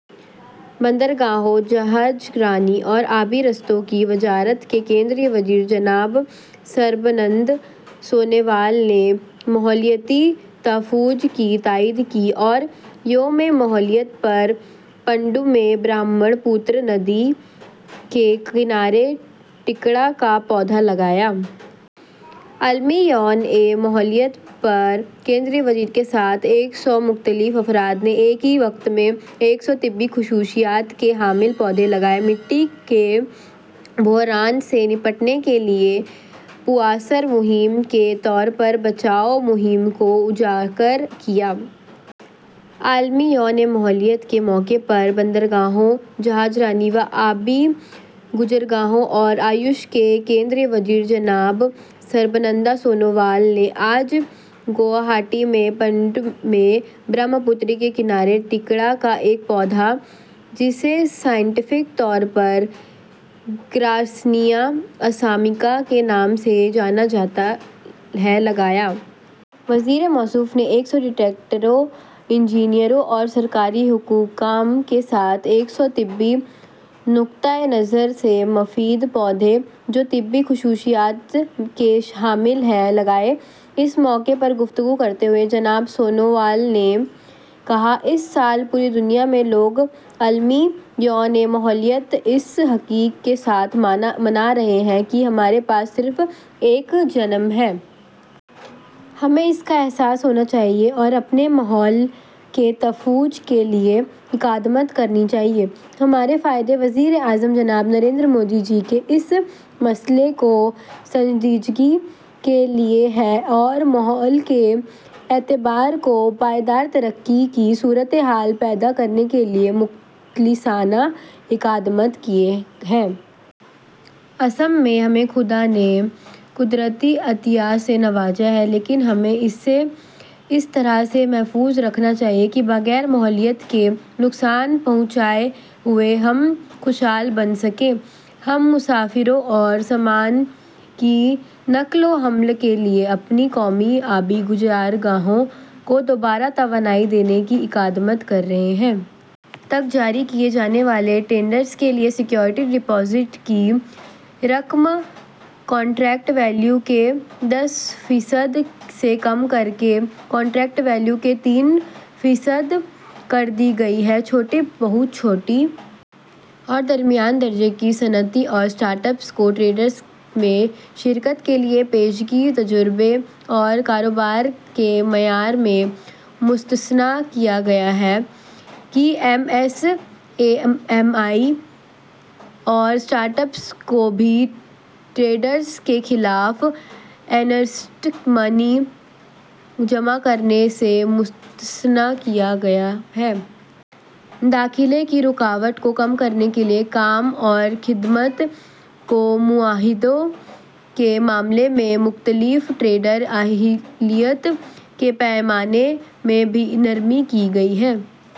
بندرگاہوں، جہاز رانی اور آبی راستوں کی وزارت مرکزی وزیر جناب سربانند سونووال نے ماحولیاتی تحفظ کی تائید کی اور یوم ماحولیات پر پانڈو میں برہمپترا ندی کے کنارے ٹھیکرا کا پودا لگایا۔ عالمی یوم ماحولیات پر مرکزی وزیر کے ساتھ ایک سو الگ الگ لوگوں نے اسی وقت ایک سو طبی خصوصیات کے حامل پودے لگائے۔ مٹی کے بحران سے نمٹنے کے لیے متاثر کن مہم کے طور پر بچاؤ مہم کو اجاگر کیا۔ عالمی یوم ماحولیات کے موقع پر بندرگاہوں، جہاز رانی و آبی گزرگاہوں اور آیوش کے مرکزی وزیر جناب سربانند سونووال نے آج گوہاٹی میں پانڈو میں برہمپترا کے کنارے ٹھیکرا کا ایک پودا، جسے سائنسی طور پر گارسینیا اسامیکا کے نام سے جانا جاتا ہے، لگایا۔ وزیر موصوف نے ایک سو ڈاکٹروں، انجینئروں اور سرکاری حکام کے ساتھ ایک سو طبی نقطۂ نظر سے مفید پودے، جو طبی خصوصیات کے حامل ہیں، لگائے۔ اس موقع پر گفتگو کرتے ہوئے جناب سونووال نے کہا: "اس سال پوری دنیا میں لوگ عالمی یوم ماحولیات اس حقیقت پر منا رہے ہیں کہ ہمارے پاس صرف ایک زمین ہے۔ ہمیں اس کا احساس ہونا چاہیے اور اپنے ماحول کے تحفظ کے لیے اقدامات کرنے چاہئیں۔ ہمارے قائد وزیر اعظم جناب نریندر مودی جی نے اس مسئلے کو سنجیدگی سے لیا ہے اور ماحول کے اعتبار سے پائیدار ترقی کی صورتحال پیدا کرنے کے لیے مخلصانہ اقدامات کیے ہیں۔ آسام میں ہمیں خدا نے قدرتی عطیہ سے نوازا ہے۔ لیکن ہمیں اسے اس طرح سے محفوظ رکھنا چاہیے کہ بغیر ماحولیات کو نقصان پہنچائے ہوئے ہم خوشحال بن سکیں۔ ہم مسافروں، سازوسامان کی نقل و حمل کے لیے اپنی قومی آبی گزرگاہوں کو دوبارہ توانائی بخشنے کے لیے اقدامات کر رہے ہیں۔ تک جاری کیے جانے والے ٹینڈرز کے لیے سیکیورٹی ڈپازٹ کی رقم کنٹریکٹ ویلیو کے دس فیصد سے کم کر کے کنٹریکٹ ویلیو کے تین فیصد کر دی گئی ہے۔ چھوٹی، بہت چھوٹی اور درمیانی درجے کی صنعتوں اور اسٹارٹ اپس کو ٹینڈرز میں شرکت کے لیے پیشگی تجربے اور کاروبار کے معیار سے مستثنیٰ کیا گیا ہے، اور ایم ایس ایم ای اور اسٹارٹ اپس کو بھی ٹینڈرز کے خلاف ارنسٹ منی جمع کرانے سے مستثنیٰ کیا گیا ہے۔ داخلے کی رکاوٹوں کو کم کرنے کے لیے کام اور خدمات کے معاہدوں کے معاملے میں مختلف ٹینڈر اہلیت کے پیرامیٹرز میں بھی نرمی کی گئی ہے۔